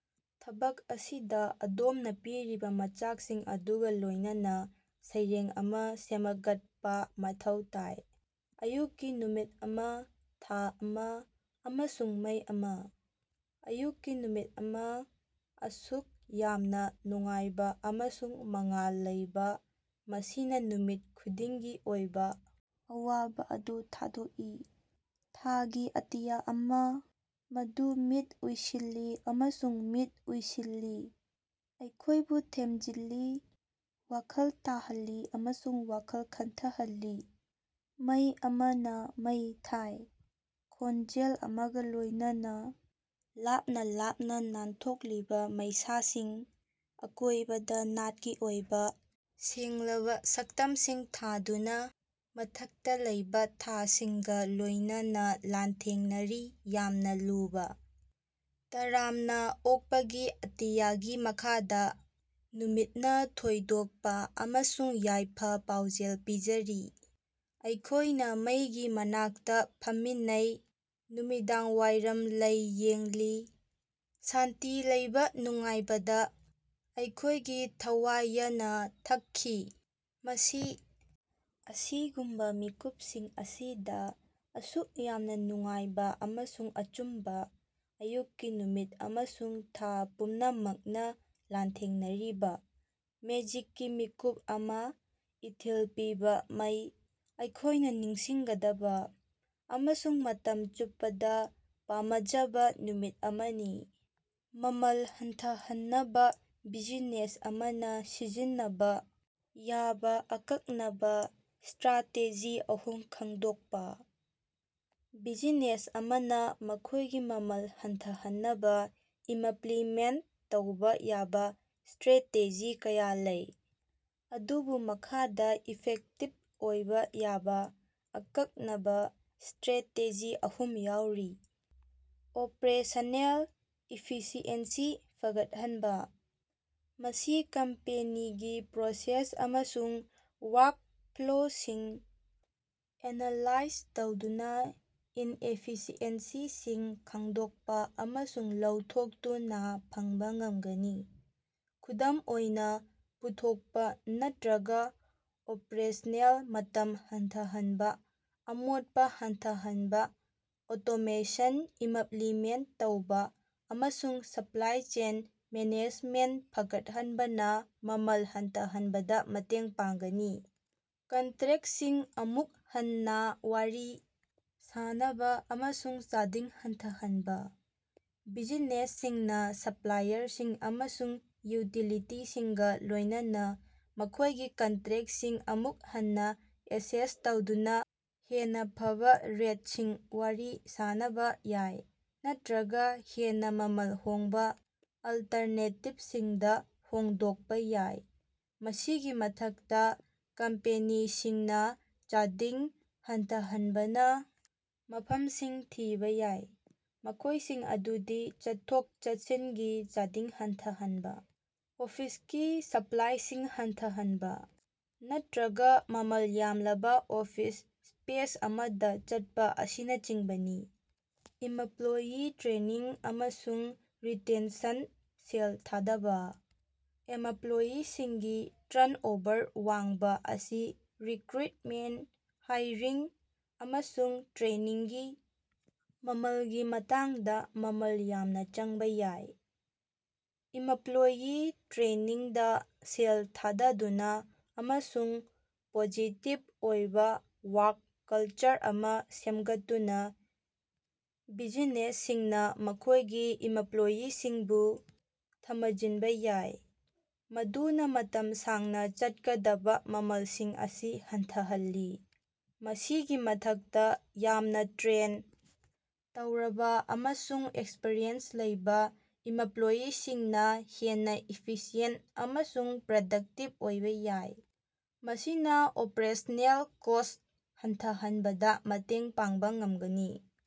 ꯊꯕꯛ ꯑꯁꯤꯗ ꯑꯗꯣꯝꯅ ꯄꯤꯔꯤꯕ ꯃꯆꯥꯛꯁꯤꯡ ꯑꯗꯨꯒ ꯂꯣꯏꯅꯅ ꯁꯩꯔꯦꯡ ꯑꯃ ꯁꯦꯃꯒꯠꯄꯥ ꯃꯊꯧ ꯇꯥꯏ꯫ ꯑꯌꯨꯛꯀꯤ ꯅꯨꯃꯤꯠ ꯑꯃ, ꯊꯥ ꯑꯃ, ꯑꯃꯁꯨꯡ ꯃꯩ ꯑꯃ꯫ ꯑꯌꯨꯛꯀꯤ ꯅꯨꯃꯤꯠ ꯑꯃ, ꯑꯁꯨꯛ ꯌꯥꯝꯅ ꯅꯨꯡꯉꯥꯏꯕ ꯑꯃꯁꯨꯡ ꯃꯉꯥꯜ ꯂꯩꯕ, ꯃꯁꯤꯅ ꯅꯨꯃꯤꯠ ꯈꯨꯗꯤꯡꯒꯤ ꯑꯣꯏꯕ ꯑꯋꯥꯕ ꯑꯗꯨ ꯊꯥꯗꯣꯛꯏ, ꯊꯥꯒꯤ ꯑꯇꯤꯌꯥ ꯑꯃ, ꯃꯗꯨ ꯃꯤꯠ ꯎꯏꯁꯤꯜꯂꯤ ꯑꯃꯁꯨꯡ ꯃꯤꯠ ꯎꯏꯁꯤꯜꯂꯤ, ꯑꯩꯈꯣꯏꯕꯨ ꯊꯦꯝꯖꯤꯜꯂꯤ, ꯋꯥꯈꯜ ꯇꯥꯍꯜꯂꯤ ꯑꯃꯁꯨꯡ ꯋꯥꯈꯜ ꯈꯟꯊꯍꯜꯂꯤ꯫ ꯃꯩ ꯑꯃꯅ ꯃꯩ ꯊꯥꯏ, ꯈꯣꯟꯖꯦꯜ ꯑꯃꯒ ꯂꯣꯏꯅꯅ, ꯂꯥꯞꯅ ꯂꯥꯞꯅ ꯅꯥꯟꯊꯣꯛꯂꯤꯕ ꯃꯩꯁꯥꯁꯤꯡ, ꯑꯀꯣꯏꯕꯗ ꯅꯥꯠꯀꯤ ꯑꯣꯏꯕ ꯁꯦꯡꯂꯕ ꯁꯛꯇꯝꯁꯤꯡ ꯊꯥꯗꯨꯅ, ꯃꯊꯛꯇ ꯂꯩꯕ ꯊꯥꯁꯤꯡꯒ ꯂꯣꯏꯅꯅ ꯂꯥꯟꯊꯦꯡꯅꯔꯤ, ꯌꯥꯝꯅ ꯂꯨꯕ꯫ ꯇꯔꯥꯝꯅꯥ ꯑꯣꯛꯄꯒꯤ ꯑꯇꯤꯌꯥꯒꯤ ꯃꯈꯥꯗ, ꯅꯨꯃꯤꯠꯅ ꯊꯣꯏꯗꯣꯛꯄꯥ ꯑꯃꯁꯨꯡ ꯌꯥꯏꯐ-ꯄꯥꯎꯖꯦꯜ ꯄꯤꯖꯔꯤ, ꯑꯩꯈꯣꯏꯅ ꯃꯩꯒꯤ ꯃꯅꯥꯛꯇ ꯐꯝꯃꯤꯟꯅꯩ, ꯅꯨꯃꯤꯗꯥꯡꯋꯥꯏꯔꯝ ꯂꯩ ꯌꯦꯡꯂꯤ, ꯁꯥꯟꯇꯤ ꯂꯩꯕ ꯅꯨꯡꯉꯥꯏꯕꯗ, ꯑꯩꯈꯣꯏꯒꯤ ꯊꯋꯥꯌꯅ ꯊꯛꯈꯤ꯫ ꯃꯁꯤ ꯑꯁꯤꯒꯨꯝꯕ ꯃꯤꯀꯨꯞꯁꯤꯡ ꯑꯁꯤꯗ, ꯑꯁꯨꯛ ꯌꯥꯝꯅ ꯅꯨꯡꯉꯥꯏꯕ ꯑꯃꯁꯨꯡ ꯑꯆꯨꯝꯕ, ꯑꯌꯨꯛꯀꯤ ꯅꯨꯃꯤꯠ ꯑꯃꯁꯨꯡ ꯊꯥ ꯄꯨꯝꯅꯃꯛꯅ ꯂꯥꯟꯊꯦꯡꯅꯔꯤꯕ, ꯃꯦꯖꯤꯛꯀꯤ ꯃꯤꯀꯨꯞ ꯑꯃꯥ, ꯏꯊꯤꯜ ꯄꯤꯕ ꯃꯩ, ꯑꯩꯈꯣꯏꯅ ꯅꯤꯡꯁꯤꯡꯒꯗꯕ, ꯑꯃꯁꯨꯡ ꯃꯇꯝ ꯆꯨꯞꯄꯗ ꯄꯥꯃꯖꯕ ꯅꯨꯃꯤꯠ ꯑꯃꯅꯤ꯫ ꯃꯃꯜ ꯍꯟꯊꯍꯟꯅꯕ ꯕꯤꯖꯤꯅꯦꯁ ꯑꯃꯅ ꯁꯤꯖꯤꯟꯅꯕ ꯌꯥꯕ ꯑꯀꯛꯅꯕ ꯁ꯭ꯇꯔꯥꯇꯦꯖꯤ ꯑꯍꯨꯝ ꯈꯪꯗꯣꯛꯄ꯫ ꯕꯤꯖꯤꯅꯦꯁ ꯑꯃꯅ ꯃꯈꯣꯏꯒꯤ ꯃꯃꯜ ꯍꯟꯊꯍꯟꯅꯕ ꯏꯃꯄ꯭ꯂꯤꯃꯦꯟꯠ ꯇꯧꯕ ꯌꯥꯕ ꯁ꯭ꯇꯔꯦꯇꯦꯖꯤ ꯀꯌꯥ ꯂꯩ, ꯑꯗꯨꯕꯨ ꯃꯈꯥꯗ ꯏꯐꯦꯛꯇꯤꯕ ꯑꯣꯏꯕ ꯌꯥꯕ ꯑꯀꯛꯅꯕ ꯁ꯭ꯇꯔꯦꯇꯦꯖꯤ ꯑꯍꯨꯝ ꯌꯥꯎꯔꯤ: ꯑꯣꯄꯔꯦꯁꯅꯦꯜ ꯏꯐꯤꯁꯤꯑꯦꯟꯁꯤ ꯐꯒꯠꯍꯟꯕ: ꯃꯁꯤ ꯀꯝꯄꯦꯅꯤꯒꯤ ꯄ꯭ꯔꯣꯁꯦꯁ ꯑꯃꯁꯨꯡ ꯋꯥ꯭ꯔꯛꯄ꯭ꯂꯣꯁꯤꯡ ꯑꯦꯅꯥꯂꯥꯏꯖ ꯇꯧꯗꯨꯅ ꯏꯟꯑꯦꯐꯤꯁꯤꯑꯦꯟꯁꯤꯁꯤꯡ ꯈꯪꯗꯣꯛꯄ ꯑꯃꯁꯨꯡ ꯂꯧꯊꯣꯛꯇꯨꯅꯥ ꯐꯪꯕ ꯉꯝꯒꯅꯤ꯫ ꯈꯨꯗꯝ ꯑꯣꯏꯅ, ꯄꯨꯊꯣꯛꯄ ꯅꯠꯇꯔꯒ ꯑꯣꯄꯔꯦꯁꯅꯦꯜ ꯃꯇꯝ ꯍꯟꯊꯍꯟꯕ, ꯑꯃꯣꯠꯄ ꯍꯟꯊꯍꯟꯕ, ꯑꯣꯇꯣꯃꯦꯁꯟ ꯏꯃꯄ꯭ꯂꯤꯃꯦꯟꯠ ꯇꯧꯕ, ꯑꯃꯁꯨꯡ ꯁꯄ꯭ꯂꯥꯏ ꯆꯦꯟ ꯃꯦꯅꯦꯖꯃꯦꯟꯠ ꯐꯒꯠꯍꯟꯕꯅ ꯃꯃꯜ ꯍꯟꯊꯍꯟꯕꯗ ꯃꯇꯦꯡ ꯄꯥꯡꯒꯅꯤ꯫ ꯀꯟꯇ꯭ꯔꯦꯛꯁꯤꯡ ꯑꯃꯨꯛ ꯍꯟꯅꯥ ꯋꯥꯔꯤ ꯁꯥꯅꯕ ꯑꯃꯁꯨꯡ ꯆꯥꯗꯤꯡ ꯍꯟꯊꯍꯟꯕ: ꯕꯤꯖꯤꯅꯦꯁꯁꯤꯡꯅ ꯁꯄ꯭ꯂꯥꯏꯌꯔꯁꯤꯡ ꯑꯃꯁꯨꯡ ꯌꯨꯇꯤꯂꯤꯇꯤꯁꯤꯡꯒ ꯂꯣꯏꯅꯅ ꯃꯈꯣꯏꯒꯤ ꯀꯟꯇ꯭ꯔꯦꯛꯁꯤꯡ ꯑꯃꯨꯛ ꯍꯟꯅ ꯑꯦꯁꯦꯁ ꯇꯧꯗꯨꯅ ꯍꯦꯟꯅ ꯐꯕ ꯔꯦꯠꯁꯤꯡ ꯋꯥꯔꯤ ꯁꯥꯅꯕ ꯌꯥꯏ ꯅꯠꯇꯔꯒ ꯍꯦꯟꯅ ꯃꯃꯜ ꯍꯣꯡꯕ ꯑꯜꯇꯔꯅꯦꯇꯤꯕꯁꯤꯡꯗ ꯍꯣꯡꯗꯣꯛꯄ ꯌꯥꯏ꯫ ꯃꯁꯤꯒꯤ ꯃꯊꯛꯇ, ꯀꯝꯄꯦꯅꯤꯁꯤꯡꯅ ꯆꯥꯗꯤꯡ ꯍꯟꯊꯍꯟꯅꯕ ꯃꯐꯝꯁꯤꯡ ꯊꯤꯕ ꯌꯥꯏ, ꯃꯈꯣꯏꯁꯤꯡ ꯑꯗꯨꯗꯤ ꯆꯠꯊꯣꯛ-ꯆꯠꯁꯤꯟꯒꯤ ꯆꯥꯗꯤꯡ ꯍꯟꯊꯍꯟꯕ, ꯑꯣꯐꯤꯁꯀꯤ ꯁꯄ꯭ꯂꯥꯏꯁꯤꯡ ꯍꯟꯊꯍꯟꯕ, ꯅꯠꯇ꯭ꯔꯒ ꯃꯃꯜ ꯌꯥꯝꯂꯕ ꯑꯣꯐꯤꯁ ꯁ꯭ꯄꯦꯁ ꯑꯃꯗ ꯆꯠꯄ ꯑꯁꯤꯅꯆꯤꯡꯕꯅꯤ꯫ ꯏꯃꯄ꯭ꯂꯣꯌꯤ ꯇ꯭ꯔꯦꯅꯤꯡ ꯑꯃꯁꯨꯡ ꯔꯤꯇꯦꯟꯁꯟꯗ ꯁꯦꯜ ꯊꯥꯗꯕ: ꯑꯦꯃꯄ꯭ꯂꯣꯌꯤꯁꯤꯡꯒꯤ ꯇ꯭ꯔꯟꯑꯣꯚꯔ ꯋꯥꯡꯕ ꯑꯁꯤ ꯔꯤꯀ꯭ꯔꯨꯏꯠꯃꯦꯟꯠ, ꯍꯥꯏꯔꯤꯡ, ꯑꯃꯁꯨꯡ ꯇ꯭ꯔꯦꯅꯤꯡꯒꯤ ꯃꯃꯜꯒꯤ ꯃꯇꯥꯡꯗ ꯃꯃꯜ ꯌꯥꯝꯅ ꯆꯪꯕ ꯌꯥꯏ꯫ ꯏꯃꯄ꯭ꯂꯣꯌꯤ ꯇ꯭ꯔꯦꯅꯤꯡꯗ ꯁꯦꯜ ꯊꯥꯗꯗꯨꯅ ꯑꯃꯁꯨꯡ ꯄꯣꯖꯤꯇꯤꯚ ꯑꯣꯏꯕ ꯋꯥ꯭ꯔꯛ ꯀꯜꯆꯔ ꯑꯃ ꯁꯦꯝꯒꯠꯇꯨꯅ, ꯕꯤꯖꯤꯅꯦꯁꯁꯤꯡꯅ ꯃꯈꯣꯏꯒꯤ ꯏꯃꯄ꯭ꯂꯣꯌꯤꯁꯤꯡꯕꯨ ꯊꯃꯖꯤꯟꯕ ꯌꯥꯏ, ꯃꯗꯨꯅ ꯃꯇꯝ ꯁꯥꯡꯅ ꯆꯠꯀꯗꯕ ꯃꯃꯜꯁꯤꯡ ꯑꯁꯤ ꯍꯟꯊꯍꯜꯂꯤ꯫ ꯃꯁꯤꯒꯤ ꯃꯊꯛꯇ, ꯌꯥꯝꯅ ꯇ꯭ꯔꯦꯟ ꯇꯧꯔꯕ ꯑꯃꯁꯨꯡ ꯑꯦꯛꯁꯄꯔꯤꯌꯦꯟꯁ ꯂꯩꯕ ꯏꯃꯄ꯭ꯂꯣꯌꯤꯁꯤꯡꯅ ꯍꯦꯟꯅ ꯏꯐꯤꯁꯤꯌꯦꯟꯠ ꯑꯃꯁꯨꯡ ꯄ꯭ꯔꯗꯛꯇꯤꯕ ꯑꯣꯏꯕ ꯌꯥꯏ, ꯃꯁꯤꯅ ꯑꯣꯄꯔꯦꯁꯅꯦꯜ ꯀꯣꯁ ꯍꯟꯊꯍꯟꯕꯗ ꯃꯇꯦꯡ ꯄꯥꯡꯕ ꯉꯝꯒꯅꯤ꯫